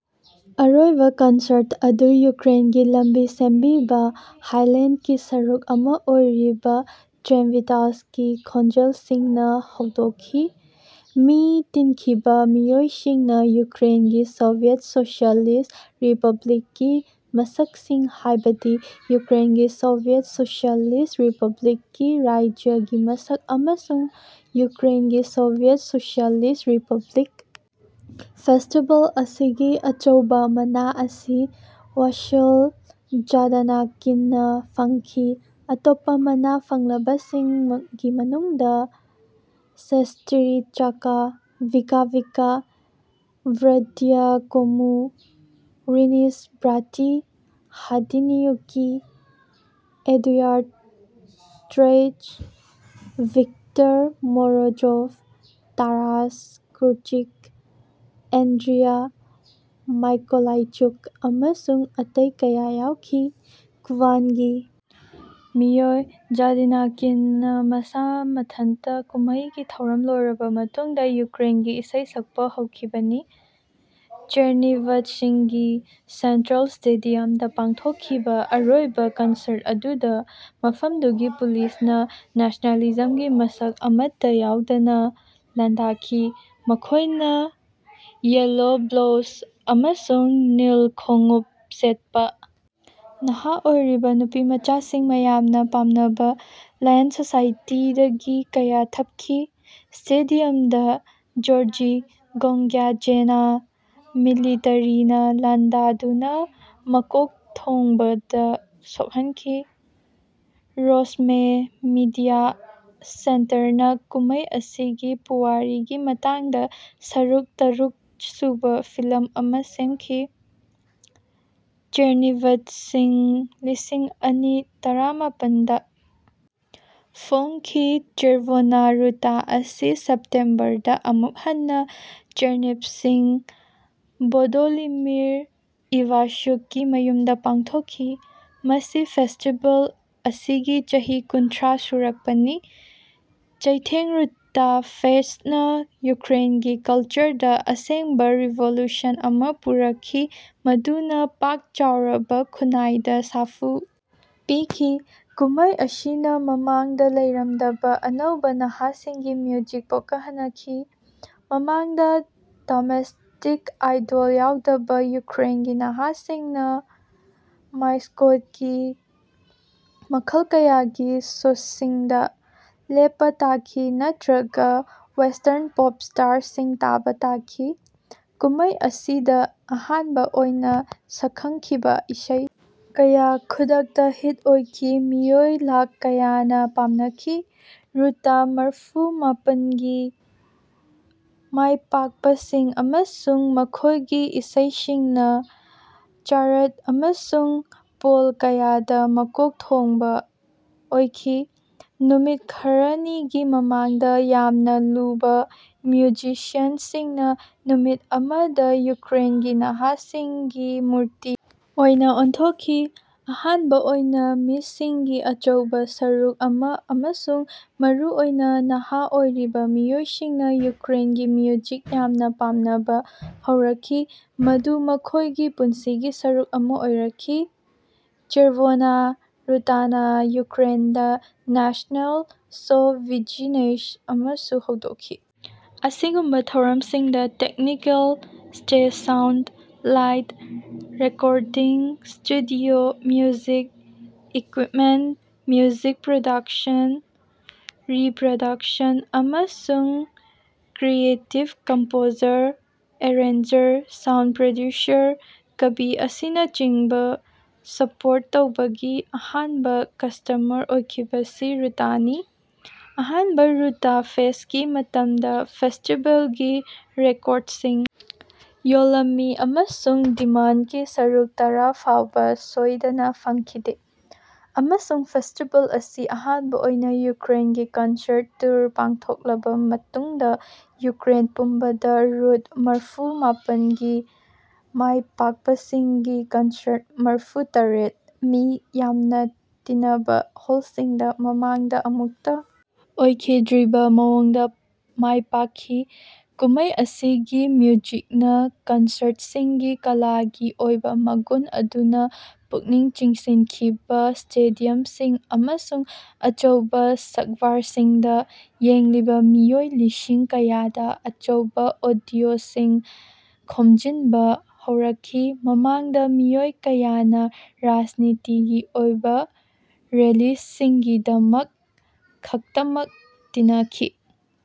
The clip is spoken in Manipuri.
ꯑꯔꯣꯏꯕꯥ ꯀꯟꯁꯔꯠ ꯑꯗꯨ ꯌꯨꯀ꯭ꯔꯦꯟꯒꯤ ꯂꯝꯕꯤ ꯁꯦꯝꯕꯤꯕꯥ ꯍꯥꯏꯂꯦꯟꯗꯒꯤ ꯁꯔꯨꯛ ꯑꯃꯥ ꯑꯣꯏꯔꯤꯕꯥ ꯇ꯭ꯔꯦꯝꯕꯤꯇꯥꯁꯀꯤ ꯈꯣꯟꯖꯦꯜꯁꯤꯡꯅꯥ ꯍꯧꯗꯣꯛꯈꯤ꯫ ꯃꯤ ꯇꯤꯟꯈꯤꯕꯥ ꯃꯤꯑꯣꯏꯁꯤꯡꯅꯥ ꯌꯨꯀ꯭ꯔꯦꯟꯒꯤ ꯁꯣꯚꯤꯌꯦꯠ ꯁꯣꯁꯤꯌꯦꯂꯤꯁꯠ ꯔꯤꯄ꯭ꯂꯕꯤꯛꯀꯤ ꯃꯁꯛꯁꯤꯡ ꯍꯥꯏꯕꯗꯤ ꯌꯨꯀ꯭ꯔꯦꯟꯒꯤ ꯁꯣꯚꯤꯌꯦꯠ ꯁꯣꯁꯤꯌꯦꯂꯤꯁꯠ ꯔꯤꯄ꯭ꯂꯕꯤꯛꯀꯤ ꯔꯥꯖ꯭ꯌꯒꯤ ꯃꯁꯛ ꯑꯃꯁꯨꯡ ꯌꯨꯀ꯭ꯔꯦꯟꯒꯤ ꯁꯣꯚꯤꯌꯦꯠ ꯁꯣꯁꯤꯌꯦꯂꯤꯁꯠ ꯔꯤꯄ꯭ꯂꯕꯤꯛ ꯐꯦꯁ꯭ꯇꯤꯕꯦꯜ ꯑꯁꯤꯒꯤ ꯑꯆꯧꯕꯥ ꯃꯅꯥ ꯑꯁꯤ ꯋꯥꯁꯤꯜ ꯓꯥꯗꯅꯀꯤꯟꯅꯥ ꯐꯪꯈꯤ ꯑꯇꯣꯞꯄꯥ ꯃꯅꯥ ꯐꯪꯂꯕꯁꯤꯡꯒꯤ ꯃꯅꯨꯡꯗꯥ ꯁꯦꯁ꯭ꯠꯔꯤꯆꯀꯥ ꯚꯤꯀꯥ ꯚꯤꯀꯥ ꯕ꯭ꯔꯗꯤꯌ Komu Vnyz Braty Hadiukiny Eduard Drach Viktor Morozov Taras Kurchyk Andriy Mykolaichuk ꯑꯃꯁꯨꯡ ꯑꯇꯩ ꯀꯌꯥ ꯌꯥꯎꯈꯤ꯫ ꯀꯨꯕꯥꯟꯒꯤ ꯃꯤꯑꯣꯏ ꯓꯥꯗꯅꯀꯤꯅꯅꯥ ꯃꯁꯥ ꯃꯊꯟꯇꯥ ꯀꯨꯝꯃꯩꯒꯤ ꯊꯧꯔꯝ ꯂꯣꯏꯔꯕꯥ ꯃꯇꯨꯡꯗꯥ ꯌꯨꯀ꯭ꯔꯦꯟꯒꯤ ꯏꯁꯩ ꯁꯛꯄꯥ ꯍꯧꯈꯤꯕꯅꯤ꯫ ꯆꯦꯔꯅꯤꯚꯠꯁꯤꯒꯤ ꯁꯦꯟꯇ꯭ꯔꯦꯜ ꯁ꯭ꯇꯦꯗꯤꯌꯝꯗꯥ ꯄꯥꯡꯊꯣꯛꯈꯤꯕꯥ ꯑꯔꯣꯏꯕꯥ ꯀꯟꯁꯔꯠ ꯑꯗꯨꯗꯥ ꯃꯐꯝꯗꯨꯒꯤ ꯄꯨꯂꯤꯁꯅꯥ ꯅꯦꯁ꯭ꯅꯦꯂꯤꯖꯝꯒꯤ ꯃꯁꯛ ꯑꯃꯠꯇꯥ ꯌꯥꯎꯗꯅꯥ ꯂꯥꯟꯗꯥꯈꯤ ꯃꯈꯣꯏꯅꯥ ꯌꯦꯜꯂꯣ ꯕ꯭ꯂꯣꯎꯖ ꯑꯃꯁꯨꯡ ꯅꯤꯜ ꯈꯣꯡꯎꯞ ꯁꯦꯠꯄꯥ ꯅꯍꯥ ꯑꯣꯏꯔꯤꯕꯥ ꯅꯨꯄꯤꯃꯆꯥꯁꯤꯡ ꯃꯌꯥꯝꯅꯥ ꯄꯥꯝꯅꯕꯥ ꯂꯥꯌꯟ ꯁꯣꯁꯥꯏꯇꯤꯗꯒꯤ ꯀꯌꯥ ꯊꯞꯈꯤ꯫ ꯁ꯭ꯇꯦꯗꯤꯌꯝꯗꯥ ꯖꯣꯔꯖꯤ ꯒꯣꯉ꯭ꯒꯥꯖ꯭ꯖꯦꯅꯥ ꯃꯤꯂꯤꯇꯔꯤꯅꯥ ꯂꯥꯟꯗꯥꯗꯨꯅꯥ ꯃꯀꯣꯛꯊꯣꯡꯕꯗꯥ ꯁꯣꯛꯍꯟꯈꯤ꯫ ꯔꯣꯁꯃꯦ ꯃꯤꯗꯤꯌꯥ ꯁꯦꯟꯇꯔꯅꯥ ꯀꯨꯝꯃꯩ ꯑꯁꯤꯒꯤ ꯄꯨꯋꯥꯔꯤꯒꯤ ꯃꯇꯥꯡꯗꯥ ꯁꯔꯨꯛ ꯇꯔꯨꯛ ꯁꯨꯕꯥ ꯐꯤꯂꯝ ꯑꯃꯥ ꯁꯦꯝꯈꯤ꯫ ꯆꯦꯔꯅꯤꯚꯠꯁꯤ ꯂꯤꯁꯤꯡ ꯑꯅꯤ ꯇꯔꯥꯃꯥꯄꯟꯗꯥ ꯐꯣꯡꯈꯤ ꯆꯦꯔꯚꯣꯅꯥ ꯔꯨꯇꯥ ꯑꯁꯤ ꯁꯦꯞꯇꯦꯝꯕꯔ ꯗꯥ ꯑꯃꯨꯛ ꯍꯟꯅꯥ ꯆꯦꯔꯅꯤꯚꯁꯤ ꯚꯣꯂꯣꯗꯤꯃꯤꯔ ꯏꯚꯥꯁ꯭ꯌꯨꯛꯀꯤ ꯃꯌꯨꯝꯗꯥ ꯄꯥꯡꯊꯣꯛꯈꯤ꯫ ꯃꯁꯤ ꯐꯦꯁ꯭ꯇꯤꯕꯦꯜ ꯑꯁꯤꯒꯤ ꯆꯍꯤ ꯀꯨꯟꯊ꯭ꯔꯥ ꯁꯨꯔꯛꯄꯅꯤ꯫ ꯆꯩꯊꯦꯡ ꯔꯨꯇꯥ ꯐꯦꯁ꯭ꯇꯅꯥ ꯌꯨꯀ꯭ꯔꯦꯟꯒꯤ ꯀꯜꯆꯔꯗꯥ ꯑꯁꯦꯡꯕꯥ ꯔꯤꯚꯣꯂꯨꯁꯟ ꯑꯃꯥ ꯄꯨꯔꯛꯈꯤ ꯃꯗꯨꯅꯥ ꯄꯥꯛ ꯆꯥꯎꯔꯕꯥ ꯈꯨꯟꯅꯥꯏꯗꯥ ꯁꯥꯐꯨ ꯄꯤꯈꯤ꯫ ꯀꯨꯝꯃꯩ ꯑꯁꯤꯅꯥ ꯃꯃꯥꯡꯗꯥ ꯂꯩꯔꯝꯗꯕꯥ ꯑꯅꯧꯕꯥ ꯅꯍꯥꯁꯤꯡꯒꯤ ꯃ꯭ꯌꯨꯖꯤꯛ ꯄꯣꯀꯍꯅꯈꯤ꯫ ꯃꯃꯥꯡꯗꯥ ꯗꯣꯃꯦꯁ꯭ꯇꯤꯛ ꯑꯥꯏꯗꯣꯜ ꯌꯥꯎꯗꯕꯥ ꯌꯨꯀ꯭ꯔꯦꯟꯒꯤ ꯅꯍꯥꯁꯤꯡꯅꯥ ꯃꯁ꯭ꯀꯣꯗꯒꯤ ꯃꯈꯜ ꯀꯌꯥꯒꯤ ꯁꯣꯁꯤꯡꯗꯥ ꯂꯦꯞꯄꯥ ꯇꯥꯈꯤ ꯅꯠꯇ꯭ꯔꯒꯥ ꯋꯦꯁ꯭ꯇꯔꯟ ꯄꯣꯞ ꯁ꯭ꯇꯥꯔꯁꯤꯡ ꯇꯥꯕꯥ ꯇꯥꯈꯤ꯫ ꯀꯨꯝꯃꯩ ꯑꯁꯤꯗꯥ ꯑꯍꯥꯟꯕꯥ ꯑꯣꯏꯅꯥ ꯁꯛꯈꯪꯈꯤꯕꯥ ꯏꯁꯩ ꯀꯌꯥ ꯈꯨꯗꯛꯇꯥ ꯍꯤꯠ ꯑꯣꯏꯈꯤ ꯃꯤꯑꯣꯏ ꯂꯥꯈ ꯀꯌꯥꯅꯥ ꯄꯥꯝꯅꯈꯤ꯫ ꯔꯨꯇꯥ ꯃꯔꯐꯨ ꯃꯥꯄꯟꯒꯤ ꯃꯥꯏꯄꯥꯛꯄꯁꯤꯡ ꯑꯃꯁꯨꯡ ꯃꯈꯣꯏꯒꯤ ꯏꯁꯩꯁꯤꯡꯅꯥ ꯆꯥꯔꯠ ꯑꯃꯁꯨꯡ ꯄꯣꯜ ꯀꯌꯥꯗꯥ ꯃꯀꯣꯛ ꯊꯣꯡꯕꯥ ꯑꯣꯏꯈꯤ꯫ ꯅꯨꯃꯤꯠ ꯈꯔꯅꯤꯒꯤ ꯃꯃꯥꯡꯗꯥ ꯌꯥꯝꯅꯥ ꯂꯨꯕꯥ ꯃ꯭ꯌꯨꯖꯤꯁꯤꯌꯥꯟꯁꯤꯡꯅꯥ ꯅꯨꯃꯤꯠ ꯑꯃꯗꯥ ꯌꯨꯀ꯭ꯔꯦꯟꯒꯤ ꯅꯍꯥꯁꯤꯡꯒꯤ ꯃꯨꯔꯇꯤ ꯑꯣꯏꯅꯥ ꯑꯣꯟꯊꯣꯛꯈꯤ꯫ ꯑꯍꯥꯟꯕꯥ ꯑꯣꯏꯅꯥ ꯃꯤꯁꯤꯡꯒꯤ ꯑꯆꯧꯕꯥ ꯁꯔꯨꯛ ꯑꯃꯥ ꯑꯃꯁꯨꯡ ꯃꯔꯨ ꯑꯣꯏꯅꯥ ꯅꯍꯥ ꯑꯣꯏꯔꯤꯕꯥ ꯃꯤꯑꯣꯏꯁꯤꯡꯅꯥ ꯌꯨꯀ꯭ꯔꯦꯟꯒꯤ ꯃ꯭ꯌꯨꯖꯤꯛ ꯌꯥꯝꯅꯥ ꯄꯥꯝꯅꯕꯥ ꯍꯧꯔꯛꯈꯤ ꯃꯗꯨ ꯃꯈꯣꯏꯒꯤ ꯄꯨꯟꯁꯤꯒꯤ ꯁꯔꯨꯛ ꯑꯃꯥ ꯑꯣꯏꯔꯛꯈꯤ꯫ ꯆꯦꯔꯚꯣꯅꯥ ꯔꯨꯇꯥꯅꯥ ꯌꯨꯀ꯭ꯔꯦꯟꯗꯥ ꯅꯦꯁ꯭ꯅꯦꯜ ꯁꯣ ꯕꯤꯖꯤꯅꯦꯁ ꯑꯃꯁꯨ ꯍꯧꯗꯣꯛꯈꯤ꯫ ꯑꯁꯤꯒꯨꯝꯕꯥ ꯊꯧꯔꯝꯁꯤꯡꯗꯥ technical stage sound light recording studio music equipment music ꯄ꯭ꯔꯣꯗꯛꯁꯟꯒꯤ ꯔꯤꯄ꯭ꯔꯗꯛꯁꯟ ꯑꯃꯁꯨꯡ creative composer arranger sound producer ꯀꯕꯤ ꯑꯁꯤꯅꯆꯤꯡꯕꯥ ꯁꯄꯣꯔꯠ ꯇꯧꯕꯒꯤ ꯑꯍꯥꯟꯕꯥ ꯀꯁ꯭ꯇꯃꯔ ꯑꯣꯏꯈꯤꯕꯁꯤ ꯔꯨꯇꯥꯅꯤ꯫ ꯑꯍꯥꯟꯕꯥ ꯔꯨꯇꯥ ꯐꯦꯁ꯭ꯠꯀꯤ ꯃꯇꯝꯗꯥ ꯐꯦꯁ꯭ꯇꯤꯕꯦꯜꯒꯤ ꯔꯦꯀꯣꯔꯗꯁꯤꯡ ꯌꯣꯜꯂꯝꯃꯤ ꯑꯃꯁꯨꯡ ꯗꯤꯃꯥꯟꯗꯒꯤ ꯁꯔꯨꯛ ꯇꯔꯥ ꯐꯥꯎꯕꯥ ꯁꯣꯏꯗꯅꯥ ꯐꯪꯈꯤꯗꯦ꯫ ꯑꯃꯁꯨꯡ ꯐꯦꯁ꯭ꯇꯤꯕꯦꯜ ꯑꯁꯤ ꯑꯍꯥꯟꯕꯥ ꯑꯣꯏꯅꯥ ꯌꯨꯀ꯭ꯔꯦꯟꯒꯤ ꯀꯟꯁꯔꯠ ꯇꯨꯔ ꯄꯥꯡꯊꯣꯛꯂꯕꯥ ꯃꯇꯨꯡꯗꯥ ꯌꯨꯀ꯭ꯔꯦꯟ ꯄꯨꯝꯕꯗꯥ ꯔꯨꯊ ꯃꯔꯐꯨ ꯃꯥꯄꯟꯒꯤ ꯃꯥꯏꯄꯥꯛꯄꯁꯤꯡꯒꯤ ꯀꯟꯁꯔꯠ ꯃꯔꯐꯨ ꯇꯔꯦꯠ ꯃꯤ ꯌꯥꯝꯅꯥ ꯇꯤꯅꯕꯥ ꯍꯣꯜꯁꯤꯡꯗꯥ ꯃꯃꯥꯡꯗꯥ ꯑꯃꯨꯛꯇꯥ ꯑꯣꯏꯈꯤꯗ꯭ꯔꯤꯕꯥ ꯃꯑꯣꯡꯗꯥ ꯃꯥꯏꯄꯥꯛꯈꯤ꯫ ꯀꯨꯝꯃꯩ ꯑꯁꯤꯒꯤ ꯃ꯭ꯌꯨꯖꯤꯛꯅꯥ ꯀꯟꯁꯔꯠꯁꯤꯡꯒꯤ ꯀꯂꯥꯒꯤ ꯑꯣꯏꯕꯥ ꯃꯒꯨꯟ ꯑꯗꯨꯅꯥ ꯄꯨꯛꯅꯤꯡ ꯆꯤꯡꯁꯤꯟꯈꯤꯕꯥ ꯁ꯭ꯇꯦꯗꯤꯌꯝꯁꯤꯡ ꯑꯃꯁꯨꯡ ꯑꯆꯧꯕꯥ ꯁꯛꯕꯥꯔꯁꯤꯡꯗꯥ ꯌꯦꯡꯂꯤꯕꯥ ꯃꯤꯑꯣꯏ ꯂꯤꯁꯤꯡ ꯀꯌꯥꯗꯥ ꯑꯆꯧꯕꯥ ꯑꯣꯗꯤꯑꯣꯁꯤꯡ ꯈꯣꯝꯖꯤꯟꯕꯥ ꯍꯧꯔꯛꯈꯤ ꯃꯃꯥꯡꯗꯥ ꯃꯤꯑꯣꯏ ꯀꯌꯥꯅꯥ ꯔꯥꯖꯅꯤꯇꯤꯒꯤ ꯑꯣꯏꯕꯥ ꯔꯦꯂꯤꯁꯤꯡꯒꯤꯗꯃꯛ ꯈꯛꯇꯃꯛ ꯇꯤꯅꯈꯤ꯫